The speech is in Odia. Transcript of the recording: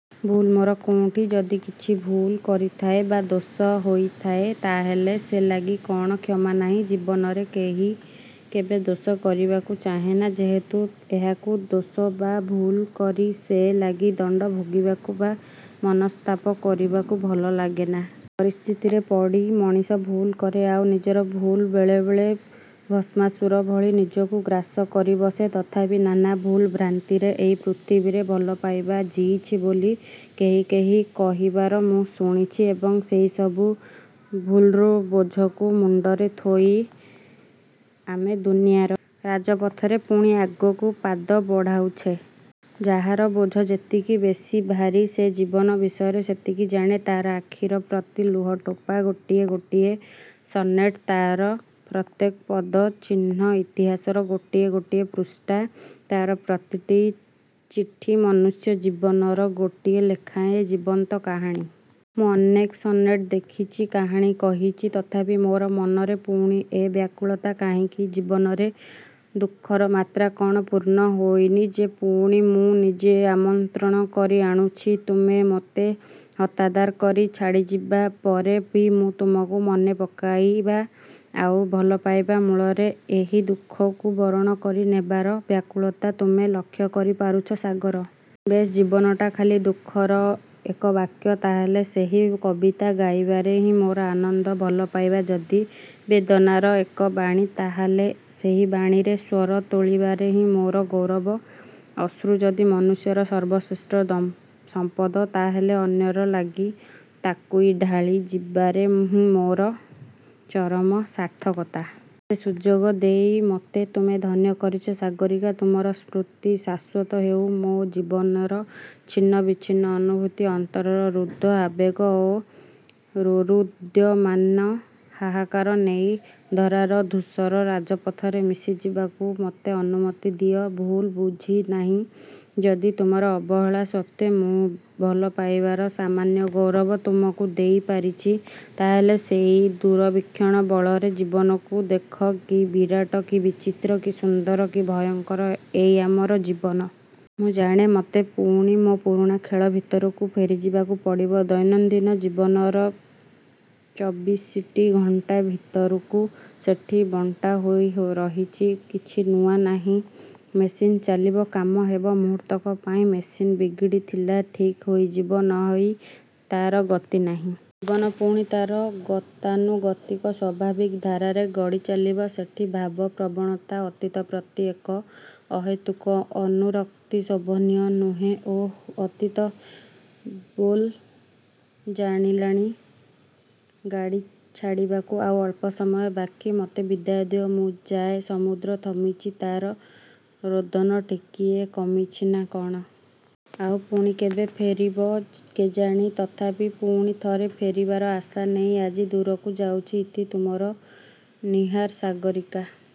ଭୁଲ୍ ମୋର କେଉଁଠି? ଯଦି କିଛି ଭୁଲ୍ କରିଥାଏ; ବା ଦୋଷ ହୋଇଥାଏ; ତା'ହେଲେ ସେ ଲାଗି କ'ଣ କ୍ଷମା ନାହିଁ? ଜୀବନରେ କେହି କେବେ ଦୋଷ କରିବାକୁ ଚାହେଁନା; ଯେହେତୁ କାହାକୁ ଦୋଷ ବା ଭୁଲ୍ କରି ସେ ଲାଗି ଦଣ୍ଡ ଭୋଗିବାକୁ ବା ମନସ୍ତାପ କରିବାକୁ ଭଲ ଲାଗେନା। ପରିସ୍ଥିତିରେ ପଡ଼ି ମଣିଷ ଭୁଲ୍ କରେ। ଆଉ ନିଜର ଭୁଲ୍ ବେଳେ ବେଳେ ଭସ୍ମାସୁର ଭଳି ନିଜକୁ ଗ୍ରାସ କରି ବସେ। ତଥାପି ନାନା ଭୁଲ୍ ଭ୍ରାନ୍ତିର ଏଇ ପୃଥିବୀରେ ଭଲପାଇବା ଜୀଇଛି ବୋଲି କେହି କେହି କହିବାର ମୁଁ ଶୁଣିଛି ଏବଂ ସେଇ ସବୁ ଭୁଲ୍ର ବୋଝକୁ ମୁଣ୍ଡରେ ଥୋଇ ଆମେ ଦୁନିଆର ରାଜପଥରେ ପୁଣି ଆଗକୁ ପାଦ ବଢ଼ାଉଛେ। ଯାହାର ବୋଝ ଯେତିକି ବେଶୀ ଭାରି ସେ ଜୀବନ ବିଷୟରେ ସେତିକି ଜାଣେ। ତା'ର ଆଖିର ପ୍ରତି ଲୁହ ଟୋପା ଗୋଟିଏ ଗୋଟିଏ ସନେଟ୍; ତା'ର ପ୍ରତ୍ୟେକ ପଦ-ଚିହ୍ନ ଇତିହାସର ଗୋଟିଏ ଗୋଟିଏ ପୃଷ୍ଠା-ତା'ର ପ୍ରତିଟି ଚିଠି ମନୁଷ୍ୟ ଜୀବନର ଗୋଟିଏ ଲେଖାଏଁ ଜୀବନ୍ତ କାହାଣୀ। ମୁଁ ଅନେକ ସନେଟ୍ ଲେଖିଛି; କାହାଣୀ କହିଛି। ତଥାପି ମୋର ମନରେ ପୁଣି ଏ ବ୍ୟାକୁଳତା କାହିଁକି? ଜୀବନରେ ଦୁଃଖର ମାତ୍ରା କ'ଣ ପୂର୍ଣ୍ଣ ହୋଇନି ଯେ ପୁଣି ମୁଁ ନିଜେ ଆମନ୍ତ୍ରଣ କରି ଆଣୁଛି-ତୁମେ ମୋତେ ହତାଦର କରି ଛାଡ଼ିଯିବା ପରେ ବି ତୁମକୁ ମନେ ପକାଇବା ଆଉ ଭଲପାଇବା ମୂଳରେ ଏହି ଦୁଃଖକୁ ବରଣ କରି ନେବାର ବ୍ୟାକୁଳତା ତୁମେ ଲକ୍ଷ୍ୟ କରି ପାରୁଛ; ସାଗର! ବେଶ୍-ଜୀବନଟା ଖାଲି ଯଦି ଦୁଃଖର ଏକକାବ୍ୟ-ତା'ହେଲେ ସେହି କବିତା ଗାଇବାରେ ହିଁ ମୋର ଆନନ୍ଦ। ଭଲପାଇବା ଯଦି ବେଦନାର ଏକ ବୀଣା; ତା'ହେଲେ ସେହି ବୀଣାରେ ସ୍ୱର ତୋଳିବାରେ ହିଁ ମୋର ଗୌରବ। ଅଶ୍ରୁ ଯଦି ମନୁଷ୍ୟର ସର୍ବଶ୍ରେଷ୍ଠ ସମ୍ପଦ ତା'ହେଲେ ଅନ୍ୟର ଲାଗି ତାକୁଇ ଢାଳି ଯିବାରେ ହିଁ ମୋର ଚରମ ସାର୍ଥକତା। ସେ ସୁଯୋଗ ଦେଇ ମୋତେ ତୁମେ ଧନ୍ୟ କରିଛ ସାଗରୀକା। ତୁମର ସ୍ମୃତି ଶାଶ୍ୱତ ହେଉ-ମୋ ଜୀବନର ଛିନ୍ନ-ବିଚ୍ଛିନ୍ନ ଅନୁଭୂତି; ଅନ୍ତରର ରୁଦ୍ଧ ଆବେଗ ଓ ରୋରୁଦ୍ୟମାନ ହାହାକାର ନେଇ; ଧରାର-ଧୂଷର ରାଜପଥରେ ମିଶି ଯିବାକୁ ମୋତେ ଅନୁମତି ଦିଅ। ଭୁଲ୍ ବୁଝନାହିଁ-ଯଦି ତୁମର ଅବହେଳା ସତ୍ତ୍ୱେ ମୁଁ ଭଲପାଇବାର ସାମାନ୍ୟ ଗୌରବ ତୁମକୁ ଦେଇ ପାରିଛି; ତା'ହେଲେ ସେଇ ଦୁରବୀକ୍ଷଣ ବଳରେ ଜୀବନକୁ ଦେଖ-କି ବିରାଟ, କି ବିଚିତ୍ର, କି ସୁନ୍ଦର, କି ଭୟଙ୍କର ଏଇ ଆମର ଜୀବନ। ମୁଁ ଜାଣେ; ମୋତେ ପୁଣି ମୋ ପୁରୁଣା ଖୋଳ ଭିତରକୁ ଫେରି ଯିବାକୁ ପଡ଼ିବ। ଦୈନନ୍ଦିନ-ଜୀବନର ଚବିଶିଟି ଘଣ୍ଟା ଭିତରକୁ ସେଠି ବଣ୍ଟା ହୋଇ ରହିଛି; କିଛି ନୂଆ ନାହିଁ। ମେସିନ୍ ଚାଲିବ-କାମ ହେବ। ମୁହୂର୍ତ୍ତକ ପାଇଁ ମେସିନ୍ ବିଗିଡ଼ି ଥିଲା-ଠିକ୍ ହୋଇଯିବ। ନ ହୋଇ ତା'ର ଗତି ନାହିଁ। ଜୀବନ ପୁଣି ତା'ର ଗତାନୁଗତିକ ସ୍ୱାଭାବିକ ଧାରାରେ ଗଡ଼ି ଚାଲିବ। ସେଠି ଭାବ ପ୍ରବଣତା, ଅତୀତ ପ୍ରତି ଏକ ଅହେତୁକ ଅନୁରକ୍ତି ଶୋଭନୀୟ ନୁହେଁ-ଓଃ-ଅତୀତ। ବେଲ୍ ବାଜିଲାଣି। ଗାଡ଼ି ଛାଡ଼ିବାକୁ ଆଉ ଅଳ୍ପ ସମୟ ବାକି। ମୋତେ ବିଦାୟ ଦିଅ। ମୁଁ ଯାଏ; ସମୁଦ୍ର ଥମିଛି; ତା'ର ରୋଦନ ଟିକିଏ କମିଛି ନା କ'ଣ? ଆଉ ପୁଣି କେବେ ଫେରିବ କେଜାଣି-ତଥାପି ପୁଣି ଥରେ ଫେରିବାର ଆଶା ନେଇ ଆଜି ଦୂରକୁ ଯାଉଛି-ଇତି- ତୁମର 'ନୀହାର' ସାଗରୀକା